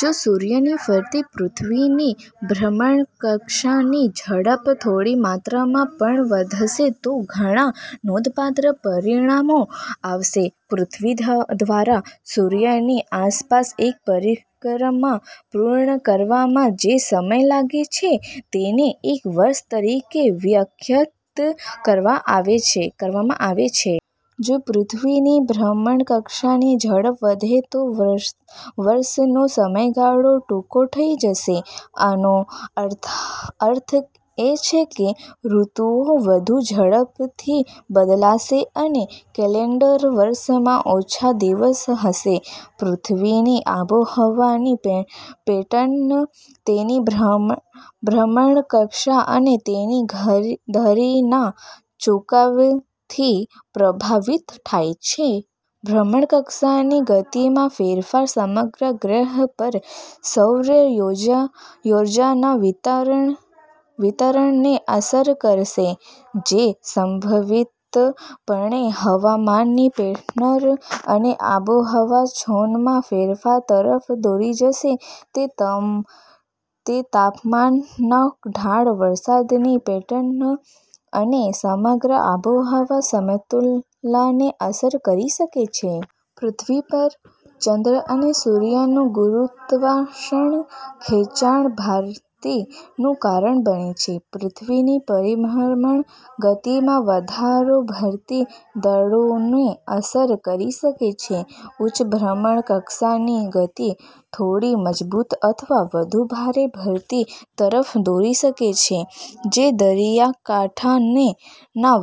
જો સૂર્યની ફરતે પૃથ્વીની ભ્રમણકક્ષાની ઝડપ થોડી માત્રામાં પણ વધશે, તો ઘણા નોંધપાત્ર પરિણામો આવશે: પૃથ્વી દ્વારા સૂર્યની આસપાસ એક પરિક્રમા પૂર્ણ કરવામાં જે સમય લાગે છે તેને એક વર્ષ તરીકે વ્યાખ્યાયિત કરવામાં આવે છે. જો પૃથ્વીની ભ્રમણકક્ષાની ઝડપ વધે તો વર્ષનો સમયગાળો ટૂંકો થઈ જશે. આનો અર્થ એ છે કે ઋતુઓ વધુ ઝડપથી બદલાશે, અને કેલેન્ડર વર્ષમાં ઓછા દિવસો હશે. પૃથ્વીની આબોહવાની પેટર્ન તેની ભ્રમણકક્ષા અને તેની ધરીના ઝુકાવથી પ્રભાવિત થાય છે. ભ્રમણકક્ષાની ગતિમાં ફેરફાર સમગ્ર ગ્રહ પર સૌર ઊર્જાના વિતરણને અસર કરશે, જે સંભવિતપણે હવામાનની પેટર્ન અને આબોહવા ઝોનમાં ફેરફાર તરફ દોરી જશે. તે તાપમાનના ઢાળ, વરસાદની પેટર્ન અને સમગ્ર આબોહવા સમતુલાને અસર કરી શકે છે. પૃથ્વી પર ચંદ્ર અને સૂર્યનું ગુરુત્વાકર્ષણ ખેંચાણ ભરતીનું કારણ બને છે. પૃથ્વીની પરિભ્રમણ ગતિમાં વધારો ભરતી દળોને અસર કરી શકે છે. ઉચ્ચ ભ્રમણકક્ષાની ગતિ થોડી મજબૂત અથવા વધુ ભારે ભરતી તરફ દોરી શકે છે, જે દરિયાકાંઠાના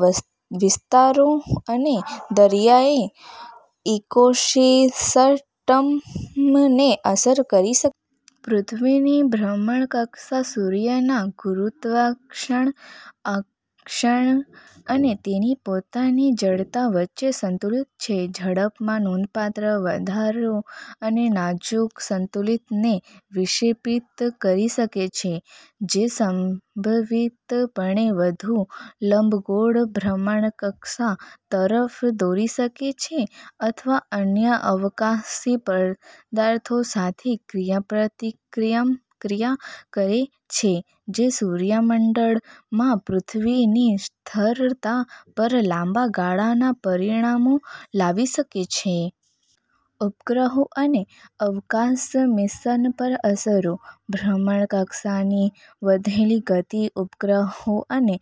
વિસ્તારો અને દરિયાઇ ઇકોસિસ્ટમને અસર કરી શકે છે. પૃથ્વીની ભ્રમણકક્ષા સૂર્યના ગુરુત્વાકર્ષણ આકર્ષણ અને તેની પોતાની જડતા વચ્ચે સંતુલિત છે. ઝડપમાં નોંધપાત્ર વધારો આ નાજુક સંતુલનને વિક્ષેપિત કરી શકે છે, જે સંભવિતપણે વધુ લંબગોળ ભ્રમણકક્ષા તરફ દોરી શકે છે અથવા અન્ય અવકાશી પદાર્થો સાથે ક્રિયાપ્રતિક્રિયા કરે છે, જે સૂર્યમંડળમાં પૃથ્વીની સ્થિરતા પર લાંબા ગાળાના પરિણામો લાવી શકે છે. ઉપગ્રહો અને અવકાશ મિશન પર અસરો: ભ્રમણકક્ષાની વધેલી ગતિ ઉપગ્રહો અને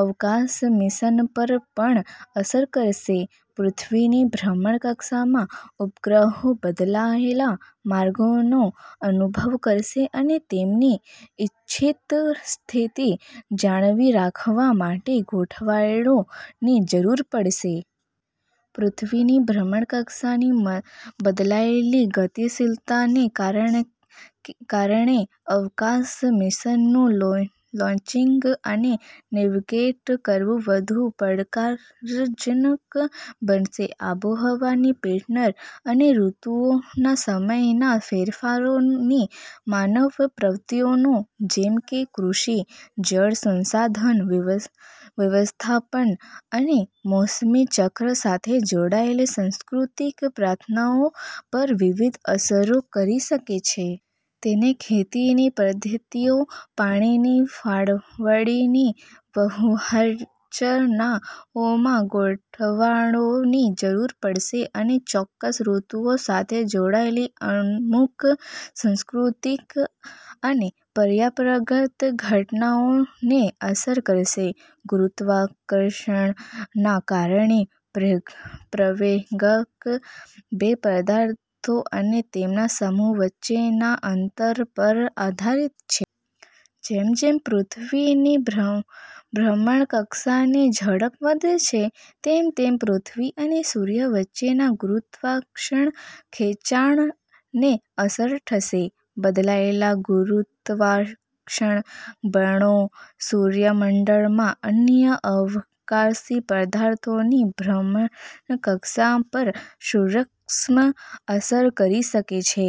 અવકાશ મિશન પર પણ અસર કરશે. પૃથ્વીની ભ્રમણકક્ષામાં ઉપગ્રહો બદલાયેલા માર્ગનો અનુભવ કરશે અને તેમની ઇચ્છિત સ્થિતિ જાળવી રાખવા માટે ગોઠવણોની જરૂર પડશે. પૃથ્વીની ભ્રમણકક્ષાની બદલાયેલી ગતિશીલતાને કારણે અવકાશ મિશનનું લોન્ચિંગ અને નેવિગેટ કરવું વધુ પડકારજનક બનશે. આબોહવાની પેટર્ન અને ઋતુઓના સમયના ફેરફારોની માનવ પ્રવૃત્તિઓ જેમ કે કૃષિ, જળ સંસાધન વ્યવસ્થાપન અને મોસમી ચક્ર સાથે જોડાયેલ સાંસ્કૃતિક પ્રથાઓ પર વિવિધ અસરો હોઈ શકે છે. તેને ખેતીની પદ્ધતિઓ, પાણીની ફાળવણીની વ્યૂહરચનાઓમાં ગોઠવણોની જરૂર પડશે અને ચોક્કસ ઋતુઓ સાથે જોડાયેલી અમુક સાંસ્કૃતિક અને પરંપરાગત ઘટનાઓને અસર કરશે. ગુરુત્વાકર્ષણના કારણે પ્રવેગક બે પદાર્થો અને તેમના સમૂહ વચ્ચેના અંતર પર આધારિત છે. જેમ જેમ પૃથ્વીની ભ્રમણકક્ષાની ઝડપ વધે છે તેમ તેમ પૃથ્વી અને સૂર્ય વચ્ચેના ગુરુત્વાકર્ષણ ખેંચાણને અસર થશે. બદલાયેલ ગુરુત્વાકર્ષણ બળો સૂર્યમંડળમાં અન્ય અવકાશી પદાર્થોની ભ્રમણકક્ષા પર સૂક્ષ્મ અસર કરી શકે છે.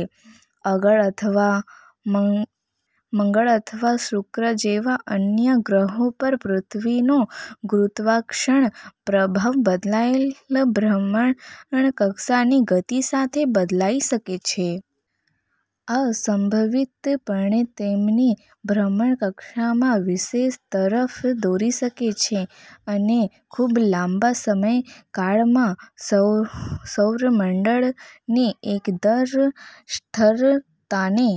મંગળ અથવા શુક્ર જેવા અન્ય ગ્રહો પર પૃથ્વીનો ગુરુત્વાકર્ષણ પ્રભાવ બદલાયેલ ભ્રમણકક્ષાની ગતિ સાથે બદલાઈ શકે છે. આ સંભવિતપણે તેમની ભ્રમણકક્ષામાં વિક્ષેપ તરફ દોરી શકે છે અને ખૂબ લાંબા સમયકાળમાં સૌરમંડળની એકંદર સ્થિરતાને